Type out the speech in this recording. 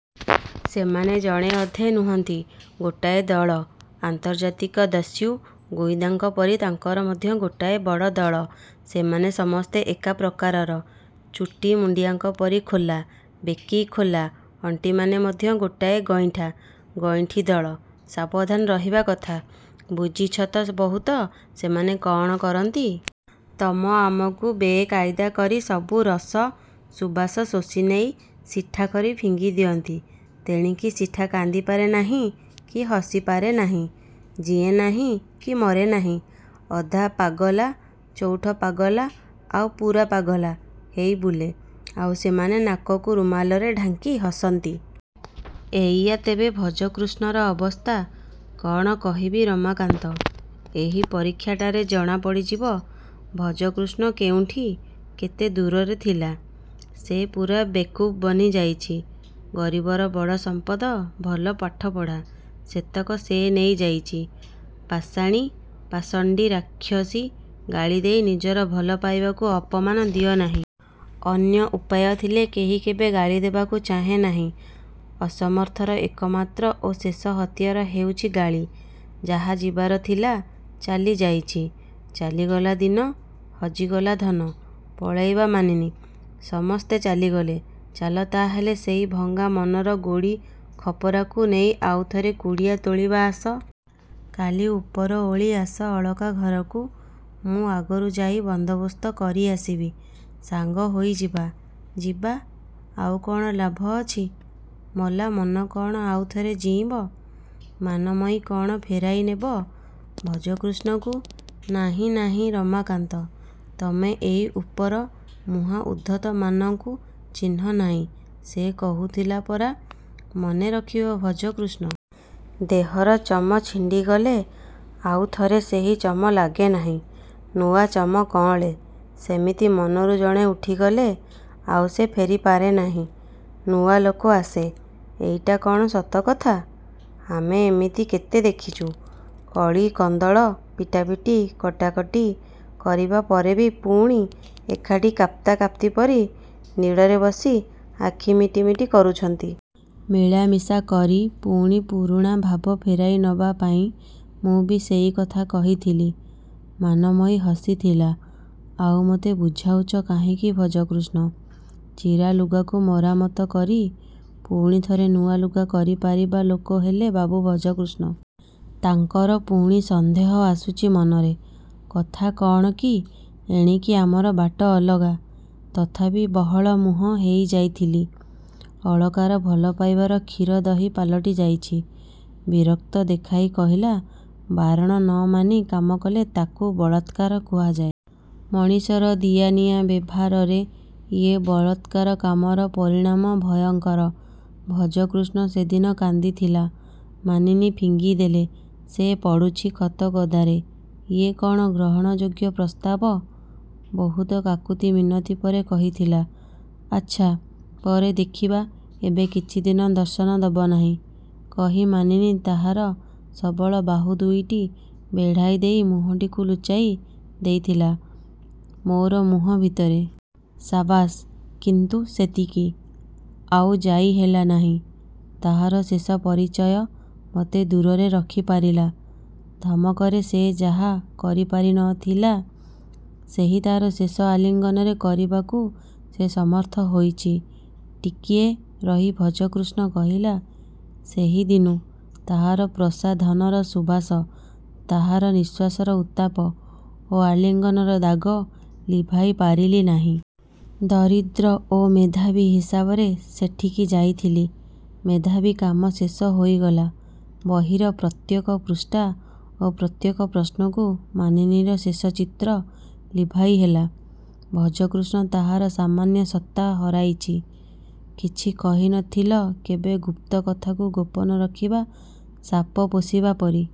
ସେମାନେ ଜଣେ ଅଧେ ନୁହଁନ୍ତି। ଗୋଟାଏ ଦଳ। ଆନ୍ତର୍ଜାତିକ ଦସ୍ୟୁ, ଗୁଇନ୍ଦାଙ୍କ ପରି ତାଙ୍କର ମଧ୍ୟ ଗୋଟାଏ ବଡ଼ ଦଳ। ସେମାନେ ସମସ୍ତେ ଏକା ପ୍ରକାରର-ଚୁଟି-ମୁଣ୍ଡିଆଙ୍କ ପରି ଖୋଲା-ବେକି, ଖୋଲା-ଅଣ୍ଟିମାନେ ମଧ୍ୟ ଗୋଟାଏ ଗଇଁଠା-ଗଇଁଠି ଦଳ। -ସାବଧାନ ରହିବା କଥା। -ବୁଝିଛ ତ ବହୁତ। ସେମାନେ କ'ଣ କରନ୍ତି? -ତମ ଆମକୁ ବେ-କାଇଦା କରି ସବୁ ରସ, ସୁବାସ ଶୋଷି ନେଇ ସିଠାକରି ଫିଙ୍ଗି ଦିଅନ୍ତି। ତେଣିକି ସିଠା କାନ୍ଦିପାରେ ନାହିଁ କି ହସି ପାରେ ନାହିଁ। ଜୀଏଁ ନାହିଁ କି ମରେ ନାହିଁ-। ଅଧା-ପାଗଲା, ଚଉଠ-ପାଗଲା ଆଉ ପୂରା-ପାଗଲା ହେଇ ବୁଲେ। ଆଉ ସେମାନେ ନାକକୁ ରୁମାଲରେ ଢାଙ୍କି ହସନ୍ତି। -ଏଇଆ ତେବେ ଭଜକୃଷ୍ଣର ଅବସ୍ଥା। -କ'ଣ କହିବି ରମାକାନ୍ତ। ଏହି ପରୀକ୍ଷାଟାରେ ଜଣା ପଡ଼ିଯିବ ଭଜକୃଷ୍ଣ କେଉଁଠି କେତେ ଦୂରରେ ଥିଲା। ସେ ପୂରା ବେକୁବ୍ ବନି ଯାଇଛି। ଗରିବର ବଡ଼ ସମ୍ପଦ ଭଲ ପାଠପଢ଼ା। ସେତକ ସେ ନେଇ ଯାଇଛି-ପାଷାଣୀ, ପାଷଣ୍ଡୀ, ରାକ୍ଷସୀ -ଗାଳି ଦେଇ ନିଜର ଭଲ ପାଇବାକୁ ଅପମାନ ଦିଅ ନାହିଁ। -ଅନ୍ୟ ଉପାୟ ଥିଲେ କେହି କେବେ ଗାଳି ଦେବାକୁ ଚାହେଁ ନାହିଁ। ଅସମର୍ଥର ଏକମାତ୍ର ଓ ଶେଷ ହତିଆର ହେଉଛି-ଗାଳି। -ଯାହା ଯିବାର ଥିଲା ଚାଲି ଯାଇଛି। ଚାଲିଗଲା ଦିନ, ହଜିଗଲା ଧନ, ପଳାଇବା ମାନିନୀ-ସମସ୍ତେ ଚାଲିଗଲେ। ଚାଲ, ତାହେଲେ ସେହି ଭଙ୍ଗା ମନର ଗୋଡ଼ି ଖପରାକୁ ନେଇ ଆଉଥରେ କୁଡ଼ିଆ ତୋଳିବା ଆସ। କାଲି ଉପର ଓଳି ଆସ ଅଳକା ଘରକୁ। ମୁଁ ଆଗରୁ ଯାଇ ବନ୍ଦୋବସ୍ତ କରି ଆସିବି-ସାଙ୍ଗ ହୋଇ ଯିବା। -ଯିବା? ଆଉ କ'ଣ ଲାଭ ଅଛି? ମଲା ମନ କ'ଣ ଆଉଥରେ ଜୀଇଁବ? ମାନମୟୀ କ'ଣ ଫେରାଇ ନେବ ଭଜକୃଷ୍ଣକୁ? -ନାହିଁ-ନାହିଁ-ରମାକାନ୍ତ। ତମେ ଏଇ ଉପର-ମୁହାଁ ଉଦ୍ଧତମାନଙ୍କୁ ଚିହ୍ନ ନାହିଁ ସେ କହୁଥିଲା ପରା -ମନେ ରଖିବ ଭଜକୃଷ୍ଣ। ଦେହର ଚମ ଛିଣ୍ଡିଗଲେ ଆଉ ଥରେ ସେହି ଚମ ଲାଗେ ନାହିଁ। ନୂଆ ଚମ କଅଁଳେ। ସେମିତି ମନରୁ ଜଣେ ଉଠିଗଲେ ଆଉ ସେ ଫେରିପାରେ ନାହିଁ। ନୂଆ ଲୋକ ଆସେ। -ଏଇଟା କ'ଣ ସତକଥା? ଆମେ ଏମିତି କେତେ ଦେଖୁଛୁ-କଳି କନ୍ଦଳ, ପିଟାପିଟି, କଟାକଟି କରିବା ପରେ ବି ପୁଣି ଏକାଠି କାପ୍ତା କାପ୍ତିପରି ନୀଡ଼ରେ ବସି ଆଖି ମିଟମିଟ କରୁଛନ୍ତି। -ମିଳାମିଶା କରି ପୁଣି ପୁରୁଣା ଭାବ ଫେରାଇ ନବା ପାଇଁ ମୁଁ ବି ସେଇକଥା କହିଥିଲି-। -ମାନମୟୀ ହସିଥିଲା। ଆଉ ମତେ ବୁଝାଉଛ କାହିଁକି ଭଜକୃଷ୍ଣ! ଚିରା ଲୁଗାକୁ ମରାମତ କରି ପୁଣି ଥରେ ନୂଆ ଲୁଗା କରି ପାରିବା ଲୋକ ହେଲେ ବାବୁ ଭଜକୃଷ୍ଣ। ତାଙ୍କର ପୁଣି ସନ୍ଦେହ ଆସୁଛି ମନରେ? କଥା କ'ଣ କି ଏଣିକି ଆମର ବାଟ ଅଲଗା। ତଥାପି ବହଳ ମୁହଁ ହେଇ ଯାଇଥିଲି। ଅଳକାର ଭଲପାଇବାର କ୍ଷୀର ଦହି ପାଲଟି ଯାଇଛି। ବିରକ୍ତ ଦେଖାଇ କହିଲା-ବାରଣ ନ ମାନି କାମ କଲେ ତା'କୁ ବଳାତ୍କାର କୁହାଯାଏ। ମଣିଷର ଦିଆ-ନିଆ ବେଭାରରେ ଏଇ ବଳାତ୍କାର କାମର ପରିଣାମ ଭୟଙ୍କର। -ଭଜକୃଷ୍ଣ ସେଦିନ କାନ୍ଦିଥିଲା। ମାନିନୀ ଫିଙ୍ଗି ଦେଲେ ସେ ପଡ଼ୁଛି ଖତଗଦାରେ। ଇଏ କ'ଣ ଗ୍ରହଣଯୋଗ୍ୟ ପ୍ରସ୍ତାବ? ବହୁତ କାକୁତିମିନତି ପରେ କହିଥିଲା-ଆଚ୍ଛା, ପରେ ଦେଖିବା ଏବେ କିଛିଦିନ ଦର୍ଶନ ଦବ ନାହିଁ। କହି ମାନିନୀ ତାହାର ସବଳ ବାହୁ ଦୁଇଟି ବେଢ଼ାଇ ଦେଇ ମୁହଁଟିକୁ ଲୁଚାଇ ଦେଇଥିଲା ମୋର ମୁହଁ ଭିତରେ। -ସାବାସ୍। -କିନ୍ତୁ ସେତିକି। ଆଉ ଯାଇ ହେଲା ନାହିଁ। ତାହାର ଶେଷ ପରିଚୟ ମତେ ଦୂରରେ ରଖି ପାରିଲା। ଧମକରେ ସେ ଯାହା କରି ପାରି ନ ଥିଲା ସେହି ତାର ଶେଷ ଆଲିଙ୍ଗନରେ କରିବାକୁ ସେ ସମର୍ଥ ହୋଇଛି। ଟିକିଏ ରହି ଭଜକୃଷ୍ଣ କହିଲା-ସେହିଦିନୁ ତାହାର ପ୍ରସାଧନର ସୁବାସ, ତାହାର ନିଶ୍ୱାସର ଉତ୍ତାପ ଓ ଆଲିଙ୍ଗନର ଦାଗ ଲିଭାଇ ପାରିଲି ନାହିଁ। ଦରିଦ୍ର ଓ ମେଧାବୀ ହିସାବରେ ସେଠିକି ଯାଇଥିଲି। ମେଧାବୀ କାମ ଶେଷ ହୋଇଗଲା। ବହିର ପ୍ରତ୍ୟେକ ପୃଷ୍ଠା ଓ ପ୍ରତ୍ୟେକ ପ୍ରଶ୍ନକୁ ମାନିନୀର ଶେଷ ଚିତ୍ର ଲିଭାଇ ହେଲା। ଭଜକୃଷ୍ଣ ତାହାର ସାମନ୍ୟ ସତ୍ତା ହରାଇଛି। -କିଛି କହି ନ ଥିଲ କେବେ। -ଗୁପ୍ତ କଥାକୁ ଗୋପନ ରଖିବା ସାପ ପୋଷିବା ପରି।